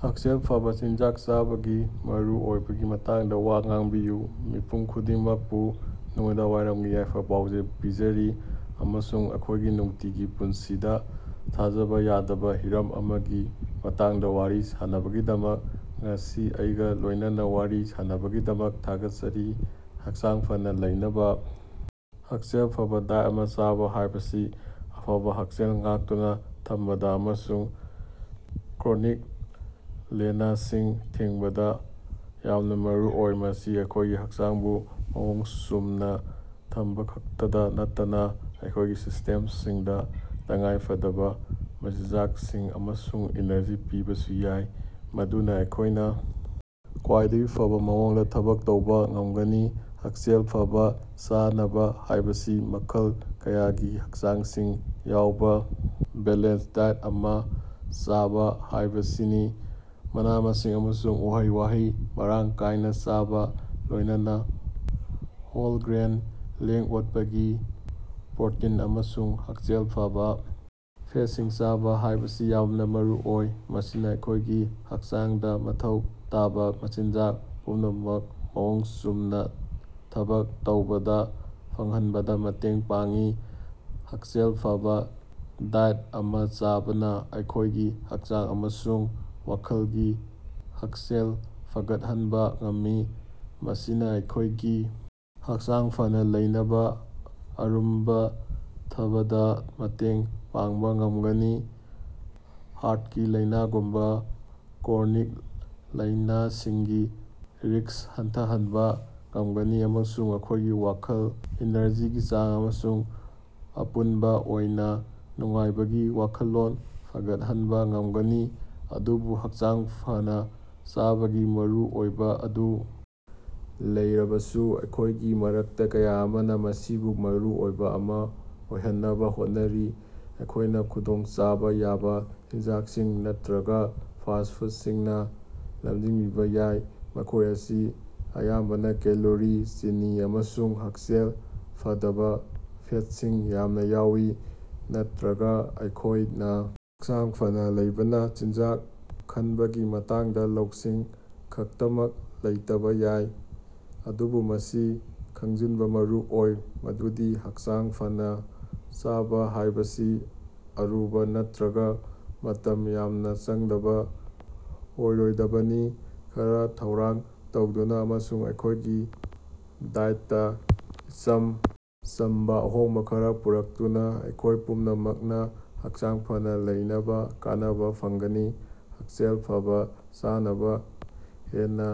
ꯍꯛꯁꯦꯜ ꯐꯕꯥ ꯆꯤꯟꯖꯥꯛ ꯆꯥꯕꯒꯤ ꯃꯔꯨꯑꯣꯏꯕꯒꯤ ꯃꯇꯥꯡꯗꯥ ꯋꯥ ꯉꯥꯡꯕꯤꯌꯨ꯫ ꯃꯤꯄꯨꯝ ꯈꯨꯗꯤꯡꯃꯛꯄꯨ ꯅꯨꯃꯤꯗꯥꯡꯋꯥꯏꯔꯝꯒꯤ ꯌꯥꯏꯐ-ꯄꯥꯎꯖꯦꯜ ꯄꯤꯖꯔꯤ, ꯑꯃꯁꯨꯡ ꯑꯩꯈꯣꯏꯒꯤ ꯅꯨꯡꯇꯤꯒꯤ ꯄꯨꯟꯁꯤꯗꯥ ꯊꯥꯖꯕꯥ ꯌꯥꯗꯕꯥ ꯍꯤꯔꯝ ꯑꯃꯒꯤ ꯃꯇꯥꯡꯗꯥ ꯋꯥꯔꯤ ꯁꯥꯟꯅꯕꯒꯤꯗꯃꯛ ꯉꯁꯤ ꯑꯩꯒꯥ ꯂꯣꯏꯅꯅ ꯋꯥꯔꯤ ꯁꯥꯟꯅꯕꯒꯤꯗꯃꯛ ꯊꯥꯒꯠꯆꯔꯤ: ꯍꯛꯆꯥꯡ ꯐꯅꯥ ꯂꯩꯅꯕꯥ꯫ ꯍꯛꯁꯦꯜ ꯐꯕꯥ ꯗꯥꯏꯠ ꯑꯃ ꯆꯥꯕ ꯍꯥꯏꯕꯁꯤ ꯑꯐꯕꯥ ꯍꯛꯁꯦꯜ ꯉꯥꯛꯇꯨꯅꯥ ꯊꯝꯕꯗꯥ ꯑꯃꯁꯨꯡ ꯀ꯭ꯔꯣꯅꯤꯛ ꯂꯥꯏꯅꯥꯁꯤꯡ ꯊꯤꯡꯕꯗꯥ ꯌꯥꯝꯅꯥ ꯃꯔꯨꯑꯣꯏ꯫ ꯃꯁꯤ ꯑꯩꯈꯣꯏꯒꯤ ꯍꯛꯆꯥꯡꯕꯨ ꯃꯑꯣꯡ ꯆꯨꯝꯅꯥ ꯊꯝꯕꯈꯛꯇꯗꯥ ꯅꯠꯇꯅꯥ ꯑꯩꯈꯣꯏꯒꯤ ꯁꯤꯁꯇꯦꯝꯁꯤꯡꯗꯥ ꯇꯉꯥꯏꯐꯗꯕꯥ ꯃꯆꯤꯟꯖꯥꯛꯁꯤꯡ ꯑꯃꯁꯨꯡ ꯏꯅꯔꯖꯤ ꯄꯤꯕꯁꯨ ꯌꯥꯏ, ꯃꯗꯨꯅꯥ ꯑꯩꯈꯣꯏꯅ ꯈ꯭ꯋꯥꯏꯗꯒꯤ ꯐꯕꯥ ꯃꯑꯣꯡꯗꯥ ꯊꯕꯛ ꯇꯧꯕꯥ ꯉꯝꯒꯅꯤ꯫ ꯍꯛꯁꯦꯜ ꯐꯕꯥ ꯆꯥꯅꯕ ꯍꯥꯏꯕꯁꯤ ꯃꯈꯜ ꯀꯌꯥꯒꯤ ꯍꯛꯆꯥꯡꯁꯤꯡ ꯌꯥꯎꯕꯥ ꯕꯦꯂꯦꯟꯁ ꯗꯥꯏꯠ ꯑꯃ ꯆꯥꯕ ꯍꯥꯏꯕꯁꯤꯅꯤ꯫ ꯃꯅꯥ-ꯃꯁꯤꯡ ꯑꯃꯁꯨꯡ ꯎꯍꯩ-ꯋꯥꯍꯩ ꯃꯔꯥꯡ ꯀꯥꯏꯅ ꯆꯥꯕ, ꯂꯣꯏꯅꯅ ꯍꯣꯜ ꯒ꯭ꯔꯦꯟ, ꯂꯦꯡ-ꯑꯣꯠꯄꯒꯤ ꯄ꯭ꯔꯣꯇꯤꯟ ꯑꯃꯁꯨꯡ ꯍꯛꯁꯦꯜ ꯐꯕꯥ ꯐꯦꯠꯁꯤꯡ ꯆꯥꯕ ꯍꯥꯏꯕꯁꯤ ꯌꯥꯝꯅ ꯃꯔꯨꯑꯣꯏ꯫ ꯃꯁꯤꯅꯥ ꯑꯩꯈꯣꯏꯒꯤ ꯍꯛꯆꯥꯡꯗꯥ ꯃꯊꯧ ꯇꯥꯕ ꯃꯆꯤꯟꯖꯥꯛ ꯄꯨꯝꯅꯃꯛ ꯃꯑꯣꯡ ꯆꯨꯝꯅꯥ ꯊꯕꯛ ꯇꯧꯕꯗꯥ ꯐꯪꯍꯟꯕꯗ ꯃꯇꯦꯡ ꯄꯥꯡꯏ꯫ ꯍꯛꯁꯦꯜ ꯐꯕꯥ ꯗꯥꯏꯠ ꯑꯃ ꯆꯥꯕꯅ ꯑꯩꯈꯣꯏꯒꯤ ꯍꯛꯆꯥꯡ ꯑꯃꯁꯨꯡ ꯋꯥꯈꯜꯒꯤ ꯍꯛꯁꯦꯜ ꯐꯒꯠꯍꯟꯕꯥ ꯉꯝꯃꯤ꯫ ꯃꯁꯤꯅꯥ ꯑꯩꯈꯣꯏꯒꯤ ꯍꯛꯆꯥꯡ ꯐꯅꯥ ꯂꯩꯅꯕꯥ ꯑꯔꯨꯝꯕꯥ ꯊꯝꯕꯗꯥ ꯃꯇꯦꯡ ꯄꯥꯡꯕꯥ ꯉꯝꯒꯅꯤ, ꯍꯥꯔꯠꯀꯤ ꯂꯥꯏꯅꯥꯒꯨꯝꯕꯥ ꯀ꯭ꯔꯣꯅꯤꯛ ꯂꯥꯏꯅꯥꯁꯤꯡꯒꯤ ꯔꯤꯛꯁ ꯍꯟꯊꯍꯟꯕꯥ ꯉꯝꯒꯅꯤ, ꯑꯃꯁꯨꯡ ꯑꯩꯈꯣꯏꯒꯤ ꯋꯥꯈꯜ, ꯏꯅꯔꯖꯤꯒꯤ ꯆꯥꯡ, ꯑꯃꯁꯨꯡ ꯑꯄꯨꯟꯕ ꯑꯣꯏꯅꯥ ꯅꯨꯡꯉꯥꯏꯕꯒꯤ ꯋꯥꯈꯜꯂꯣꯟ ꯐꯒꯠꯍꯟꯕꯥ ꯉꯝꯒꯅꯤ꯫ ꯑꯗꯨꯕꯨ ꯍꯛꯆꯥꯡ ꯐꯅꯥ ꯆꯥꯕꯒꯤ ꯃꯔꯨꯑꯣꯏꯕ ꯑꯗꯨ ꯂꯩꯔꯕꯁꯨ ꯑꯩꯈꯣꯏꯒꯤ ꯃꯔꯛꯇ ꯀꯌꯥ ꯑꯃꯅ ꯃꯁꯤꯕꯨ ꯃꯔꯨ ꯑꯣꯏꯕ ꯑꯃ ꯑꯣꯏꯍꯟꯅꯕ ꯍꯣꯠꯅꯔꯤ꯫ ꯑꯩꯈꯣꯏꯅ ꯈꯨꯗꯣꯡꯆꯥꯕꯥ ꯌꯥꯕ ꯆꯤꯟꯖꯥꯛꯁꯤꯡ ꯅꯠꯇ꯭ꯔꯒꯥ ꯐꯥꯁꯠ ꯐꯨꯠꯁꯤꯡꯅꯥ ꯂꯝꯖꯤꯡꯕꯤꯕꯥ ꯌꯥꯏ, ꯃꯈꯣꯏ ꯑꯁꯤ ꯑꯌꯥꯝꯕꯅ ꯀꯦꯂꯣꯔꯤ, ꯆꯤꯅꯤ ꯑꯃꯁꯨꯡ ꯍꯛꯁꯦꯜ ꯐꯗꯕꯥ ꯐꯦꯠꯁꯤꯡ ꯌꯥꯝꯅ ꯌꯥꯎꯏ꯫ ꯅꯠꯇꯔꯒꯥ ꯑꯩꯈꯣꯏꯅ ꯍꯛꯆꯥꯡ ꯐꯅꯥ ꯂꯩꯕꯅ ꯆꯤꯟꯖꯥꯛ ꯈꯟꯕꯒꯤ ꯃꯇꯥꯡꯗ ꯂꯧꯁꯤꯡ ꯈꯛꯇꯃꯛ ꯂꯩꯇꯕꯥ ꯌꯥꯏ꯫ ꯑꯗꯨꯕꯨ ꯃꯁꯤ ꯈꯪꯖꯤꯟꯕꯥ ꯃꯔꯨ ꯑꯣꯏ ꯃꯗꯨꯗꯤ ꯍꯛꯆꯥꯡ ꯐꯅꯥ ꯆꯥꯕꯥ ꯍꯥꯏꯕꯁꯤ ꯑꯔꯨꯕꯥ ꯅꯠꯇ꯭ꯔꯒꯥ ꯃꯇꯝ ꯌꯥꯝꯅ ꯆꯪꯗꯕ ꯑꯣꯏꯔꯣꯏꯗꯕꯅꯤ꯫ ꯈꯔ ꯊꯧꯔꯥꯡ ꯇꯧꯗꯨꯅꯥ ꯑꯃꯁꯨꯡ ꯑꯩꯈꯣꯏꯒꯤ ꯗꯥꯏꯠꯇꯥ ꯏꯆꯝ ꯆꯝꯕꯥ ꯑꯍꯣꯡꯕꯥ ꯈꯔ ꯄꯨꯔꯛꯇꯨꯅꯥ ꯑꯩꯈꯣꯏ ꯄꯨꯝꯅꯃꯛꯅ ꯍꯛꯆꯥꯡ ꯐꯅꯥ ꯂꯩꯅꯕꯥ ꯀꯥꯟꯅꯕ ꯐꯪꯒꯅꯤ꯫ ꯍꯛꯁꯦꯜ ꯐꯕꯥ ꯆꯥꯅꯕ ꯍꯦꯟꯅꯥ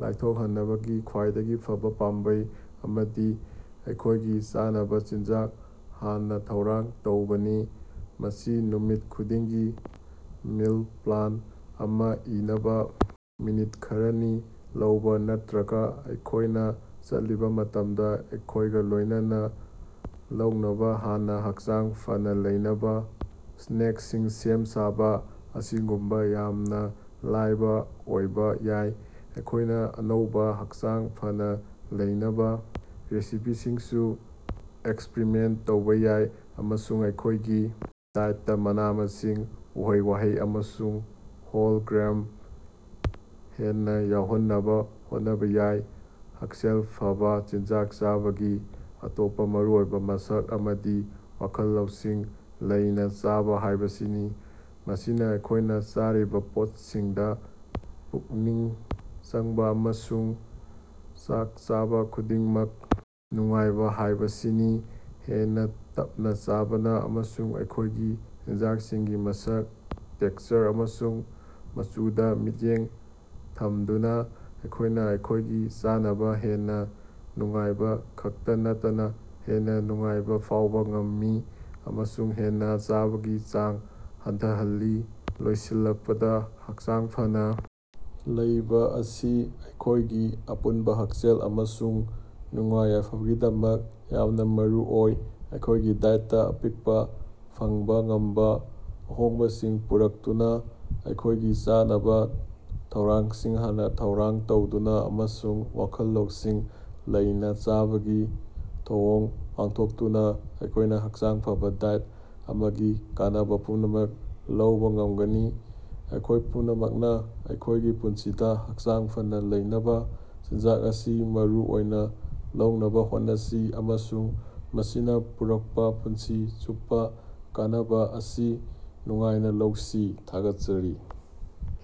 ꯂꯥꯏꯊꯣꯛꯍꯟꯅꯕꯒꯤ ꯈ꯭ꯋꯥꯏꯗꯒꯤ ꯐꯕꯥ ꯄꯥꯝꯕꯩ ꯑꯃꯗꯤ ꯑꯩꯈꯣꯏꯒꯤ ꯆꯥꯅꯕꯥ ꯆꯤꯟꯖꯥꯛ ꯍꯥꯟꯅ ꯊꯧꯔꯥꯡ ꯇꯧꯕꯅꯤ꯫ ꯃꯁꯤ ꯅꯨꯃꯤꯠ ꯈꯨꯗꯤꯡꯒꯤ ꯃꯤꯜ ꯄ꯭ꯂꯥꯟ ꯑꯃ ꯏꯅꯕꯥ ꯃꯤꯅꯤꯠ ꯈꯔꯅꯤ ꯂꯧꯕꯥ, ꯅꯠꯇ꯭ꯔꯒꯥ ꯑꯩꯈꯣꯏꯅ ꯆꯠꯂꯤꯕ ꯃꯇꯝꯗ ꯑꯩꯈꯣꯏꯒ ꯂꯣꯏꯅꯅ ꯂꯧꯅꯕꯥ ꯍꯥꯟꯅꯥ ꯍꯛꯆꯥꯡ ꯐꯅꯥ ꯂꯩꯅꯕꯥ ꯁ꯭ꯅꯦꯛꯁꯤꯡ ꯁꯦꯝ ꯁꯥꯕꯥ ꯑꯁꯤꯒꯨꯝꯅꯥ ꯌꯥꯝꯅꯥ ꯂꯥꯏꯕꯥ ꯑꯣꯏꯕꯥ ꯌꯥꯏ꯫ ꯑꯩꯈꯣꯏꯅ ꯑꯅꯧꯕꯥ, ꯍꯛꯆꯥꯡ ꯐꯅꯥ ꯂꯩꯅꯕꯥ ꯔꯦꯁꯤꯄꯤꯁꯤꯡꯁꯨ ꯑꯦꯛꯁꯄꯔꯤꯃꯦꯟ ꯇꯧꯕꯥ ꯌꯥꯏ ꯑꯃꯁꯨꯡ ꯑꯩꯈꯣꯏꯒꯤ ꯗꯥꯏꯠꯇꯥ ꯃꯅꯥ-ꯃꯁꯤꯡ, ꯎꯍꯩ-ꯋꯥꯍꯩ ꯑꯃꯁꯨꯡ ꯍꯣꯜ ꯒ꯭ꯔꯦꯟ ꯍꯦꯟꯅꯥ ꯌꯥꯎꯍꯟꯅꯕꯥ ꯍꯣꯠꯅꯕꯥ ꯌꯥꯏ꯫ ꯍꯛꯁꯦꯜ ꯐꯕꯥ ꯆꯤꯟꯖꯥꯛ ꯆꯥꯕꯒꯤ ꯑꯇꯣꯞꯄꯥ ꯃꯔꯨꯑꯣꯏꯕꯥ ꯃꯁꯛ ꯑꯃꯗꯤ ꯋꯥꯈꯜ ꯂꯧꯁꯤꯡ ꯂꯩꯅꯥ ꯆꯥꯕ ꯍꯥꯏꯕꯁꯤꯅꯤ꯫ ꯃꯁꯤꯅꯥ ꯑꯩꯈꯣꯏꯅ ꯆꯥꯔꯤꯕꯥ ꯄꯣꯠꯁꯤꯡꯗꯥ ꯄꯨꯛꯅꯤꯡ ꯆꯪꯕꯥ, ꯑꯃꯁꯨꯡ ꯆꯥꯛ ꯆꯥꯕꯥ ꯈꯨꯗꯤꯡꯃꯛ ꯅꯨꯡꯉꯥꯏꯕꯥ ꯍꯥꯏꯕꯁꯤꯅꯤ꯫ ꯍꯦꯟꯅꯥ ꯇꯞꯅꯥ ꯆꯥꯕꯅꯥ, ꯑꯃꯁꯨꯡ ꯑꯩꯈꯣꯏꯒꯤ ꯆꯤꯟꯖꯥꯛꯁꯤꯡꯒꯤ ꯃꯁꯛ, ꯇꯦꯛꯆꯔ ꯑꯃꯁꯨꯡ ꯃꯆꯨꯗꯥ ꯃꯤꯠꯌꯦꯡ ꯊꯝꯗꯨꯅꯥ ꯑꯩꯈꯣꯏꯅ ꯑꯩꯈꯣꯏꯒꯤ ꯆꯥꯅꯕꯥ ꯍꯦꯟꯅꯥ ꯅꯨꯡꯉꯥꯏꯕꯥ ꯈꯛꯇꯥ ꯅꯠꯇꯅꯥ ꯍꯦꯟꯅꯥ ꯅꯨꯡꯉꯥꯏꯕꯥ ꯐꯥꯎꯕ ꯉꯝꯃꯤ ꯑꯃꯁꯨꯡ ꯍꯦꯟꯅꯥ ꯆꯥꯕꯒꯤ ꯆꯥꯡ ꯍꯟꯊꯍꯜꯂꯤ꯫ ꯂꯣꯏꯁꯤꯜꯂꯛꯄꯗꯥ, ꯍꯛꯆꯥꯡ ꯐꯅꯥ ꯂꯩꯕꯥ ꯑꯁꯤ ꯑꯩꯈꯣꯏꯒꯤ ꯑꯄꯨꯟꯕꯥ ꯍꯛꯁꯦꯜ ꯑꯃꯁꯨꯡ ꯅꯨꯡꯉꯥꯏ-ꯌꯥꯏꯐꯕꯒꯤꯗꯃꯛ ꯌꯥꯝꯅꯥ ꯃꯔꯨꯑꯣꯏ꯫ ꯑꯩꯈꯣꯏꯒꯤ ꯗꯥꯏꯠꯇꯥ ꯑꯄꯤꯛꯄꯥ, ꯐꯪꯕꯥ ꯉꯝꯕꯥ ꯑꯍꯣꯡꯕꯁꯤꯡ ꯄꯨꯔꯛꯇꯨꯅꯥ, ꯑꯩꯈꯣꯏꯒꯤ ꯆꯥꯅꯕꯥ ꯊꯧꯔꯥꯡꯁꯤꯡ ꯍꯥꯟꯅꯥ ꯊꯧꯔꯥꯡ ꯇꯧꯗꯨꯅꯥ, ꯑꯃꯁꯨꯡ ꯋꯥꯈꯜ ꯂꯧꯁꯤꯡ ꯂꯩꯅꯥ ꯆꯥꯕꯒꯤ ꯊꯧꯑꯣꯡ ꯄꯥꯡꯊꯣꯛꯇꯨꯅꯥ ꯑꯩꯈꯣꯏꯅ ꯍꯛꯆꯥꯡ ꯐꯕꯥ ꯗꯥꯏꯠ ꯑꯃꯒꯤ ꯀꯥꯟꯅꯕꯥ ꯄꯨꯝꯅꯃꯛ ꯂꯧꯕꯥ ꯉꯝꯒꯅꯤ꯫ ꯑꯩꯈꯣꯏ ꯄꯨꯝꯅꯃꯛꯅꯥ ꯑꯩꯈꯣꯏꯒꯤ ꯄꯨꯟꯁꯤꯗꯥ ꯍꯛꯆꯥꯡ ꯐꯅꯥ ꯂꯩꯅꯕꯥ ꯆꯤꯟꯖꯥꯛ ꯑꯁꯤ ꯃꯔꯨ ꯑꯣꯏꯅꯥ ꯂꯧꯅꯕꯥ ꯍꯣꯠꯅꯁꯤ, ꯑꯃꯁꯨꯡ ꯃꯁꯤꯅꯥ ꯄꯨꯔꯛꯄꯥ ꯄꯨꯟꯁꯤ ꯆꯨꯞꯄꯥ ꯀꯥꯟꯅꯕꯥ ꯑꯁꯤ ꯅꯨꯡꯉꯥꯏꯅꯥ ꯂꯧꯁꯤ꯫ ꯊꯥꯒꯠꯆꯔꯤ.